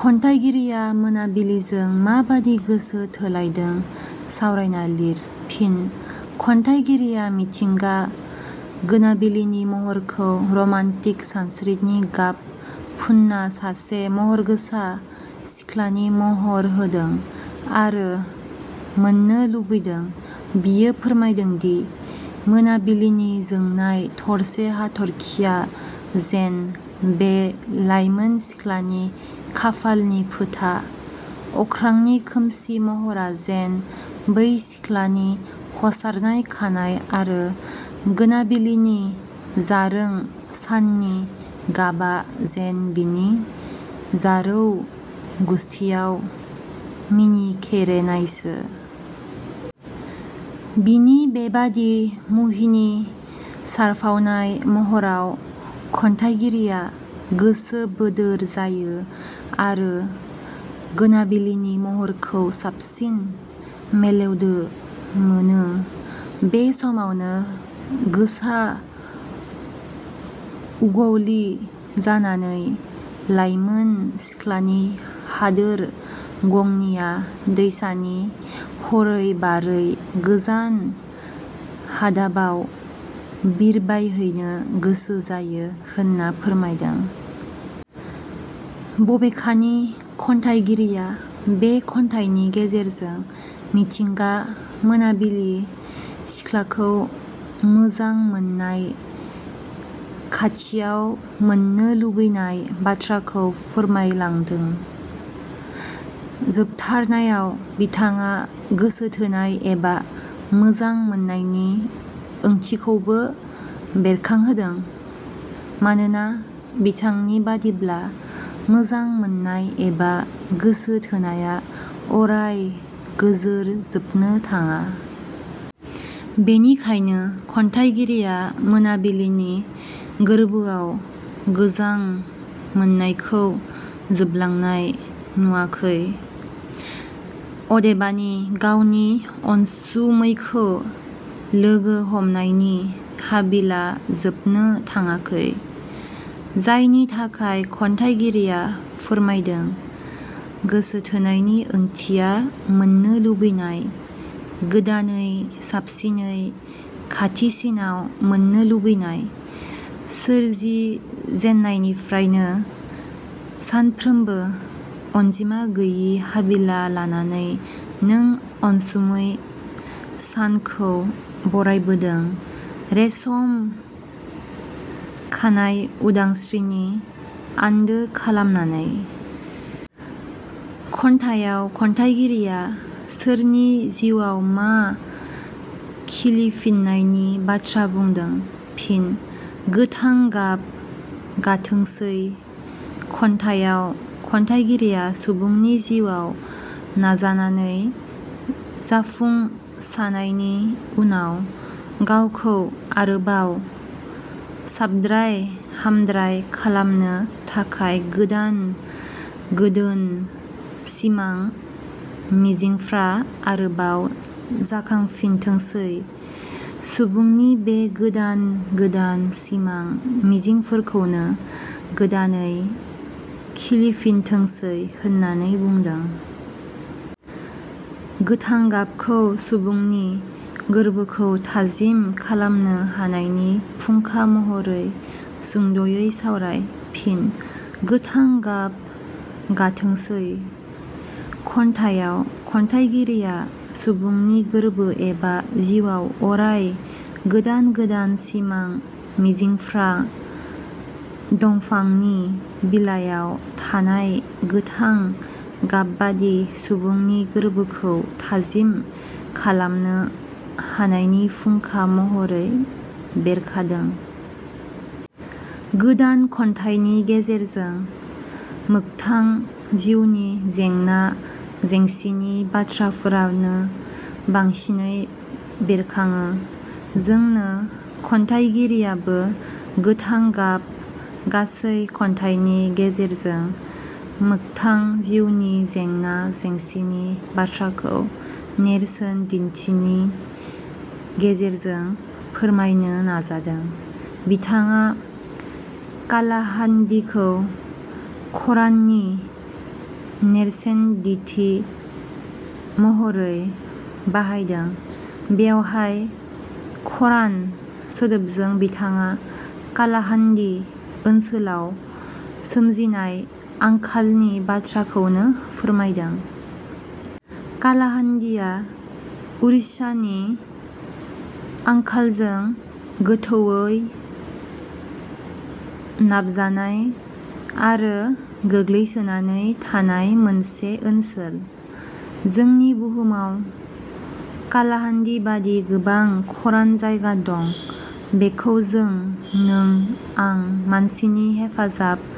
खन्थाइगिरिया मोनाबिलिजों माबादि गोसो थोलायदों सावरायना लिर। फिनः खन्थाइगिरिया मिथिंगा गोनाबिलिनि महरखौ रमान्टिक सानस्रिनि गाब फुनना सासे गहरगोसा सिख्लानि महर होदों आरो मोननो लुबैदों बियो फोरमायदोंदि मोनाबिलिनि जोंनाय थरसे हाथर्खिया जेन 'बे लाइमोन सिख्लानि खाफालनि फोथा, अख्रांनि खोमसि महरा जेन' बै सिख्लानि हसारनाय खानाय आरो गोनाबिलिनि जारों साननि गाबा जेन बिनि जारौ गुस्थियाव मिनिखेरेनायसो। बिनि बेबादि मुहिनि सारफावनाय महराव खन्थाइगिरिया गोसो बोदोर जायो आरो गोनाबिलिनि महरखो साबसिन मेलेवदो मोनो बे समावनो गोसा उगवलि जानानै लाइमोन सिख्लानि हादोर गंनिया दैसानि हरै बारै गोजान हादाबाव बिरबायहैनो गोसो जायो होनना फोरमायदों। बबेखानि खन्थाइगिरिया बे खन्थाइनि गेजेरजों मिथिंगा मोनाबिलि सिख्लाखौ मोजां मोननाय खाथियाव मोननो लुबैनाय बाथ्राखौ फोरमायलादों। जोबथारनायाव बिथाङा गोसोथोनाय एबा मोजां मोननायनि ओंथिखौबो बेरखांहोदों। मानोना बिथांनि बादिब्ला मोजां मोननाय एबा गोसो थोनाया अराय गोजोर जोबनो थाङा। बेनिखायनो खन्थाइगिरिया मोनाबिलिनि गोरबोआव गोजां मोननायखौ जोबलांनाय नुवाखै। अदेबानि गावनि अनसुमैखो लोगो हमनायनि हाबिला जोबनो थाङाखै। जायनि थाखाय खन्थाइगिरिया फोरमायदों गोसोथोनायनि ओंथिया मोननो लुबैनाय, गोदानै, साबसिनै, खाथिसिनाव मोननो लुबैनाय। सोरजि जेननायनिफ्रायनो सानफ्रोमबो अनजिमा गैयि हाबिला लानानै नों अनसुमै सानखौ बरायबोदों रेसम खानायउदांस्रिनि आन्दो खालामनानै। खन्थाइयाव खन्थाइगिरिया सोरनि जिवाव मा खिलिफिननायनि बाथ्रा बुंदों? फिन: गोथां गाब गाथोंसै खन्थाइयाव खन्थाइगिरिया सुबुंनि जिउवाव नाजानानै जाफुंसानायनि उनाव गावखौ आरोबाव साबद्राय हामद्राय खालामनो थाखाय गोदान गोदोन सिमां मिजिंफ्रा आरोबाव जाखांफिनथोंसै, सुबुंनि बे गोदान गोदान सिमां मिजिंफोरखौनो गोदानै खिलिफिनथोंसै होननानै बुंदों। गोथां गाबखौ सुबुंनि गोरबोखौ थाजिम खालामनो हानायनि फुंखा महरै सुंदयै सावराय? फिन: 'गोथां गाब गाथोंसै' खन्थाइयाव खन्थाइगिरिया सुबुंनि गोरबो एबा जिउवाव अराय गोदान गोदान सिमां मिजिंफ्रां दंफांनि बिलायाव थानाय गोथां गाबबादि सुबुंनि गोरबोखौ थाजिम खालामनो हानायनि फुंखा महरै बेरखादों। गोदान खन्थाइनि गेजेरजों मोगथां जिउनि जेंना जेंसिनि बाथ्राफोरानो बांसिनै बेरखाङो। जोंनो खन्थाइगिरियाबो गोथां गाब गासै खन्थाइनि गेजेरजों मोगथां जिउनि जेंना जेंसिनि बाथ्राखौ नेरसोन दिन्थिनि गेजेरजों फोरमायनो नाजादों। बिथाङा कालाहान्दिखौ खराननि नेरसेनदिन्थि महरै बाहायदों बेवहाय खरान सोदोबजों बिथाङा कालाहान्दि ओन्सोलाव सोमजिनाय आंखालनि बाथ्राखौनो फोरमायदों। कालाहान्दिया उरिष्यानि आंखालजों गोथौवै नाबजानाय आरो गोग्लैसोनानै थानाय मोनसे ओनसोल। जोंनि बुहुमाव कालाहान्दि बादि, गोबां खरान जायगा दं बेखौ जों नों आं मानसिनि हेफाजाब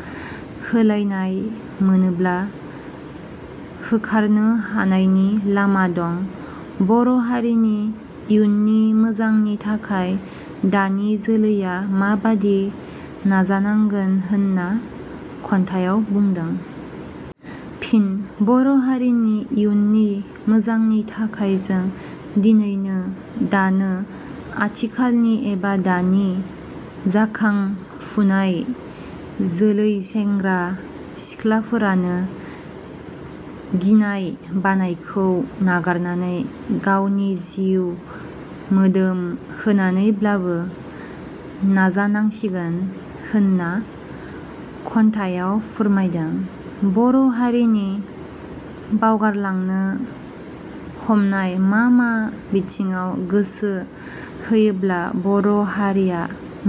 होलायनाय मोनोब्ला होखारनो हानायनि लामा दं। बर' हारिनि इयुननि मोजांनि थाखाय दानि जोलैया माबादि नाजानांगोन होनना खन्थायाव बुंदों? फिन: बर' हारिनि इउननि मोजांनि थाखाय जों दिनैनो, दानो, आथिखालनि एबा दानि जाखांफुनाय जोलै सेंग्रा-सिख्लाफोरानो गिनाय बानायखौ नागारनानै गावनि जिउ मोदोम होनानैब्लाबो नाजानांसिगोन होनना खन्थाइयाव फोरमायदों। बर' हारिनि बावगारलांनो हमनाय मा मा बिथिङाव गोसो होयोब्ला बर' हारिया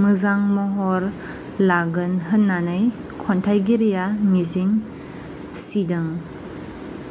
मोजां महर लागोन होननानै खन्थाइगिरिया मिजिं सिदों?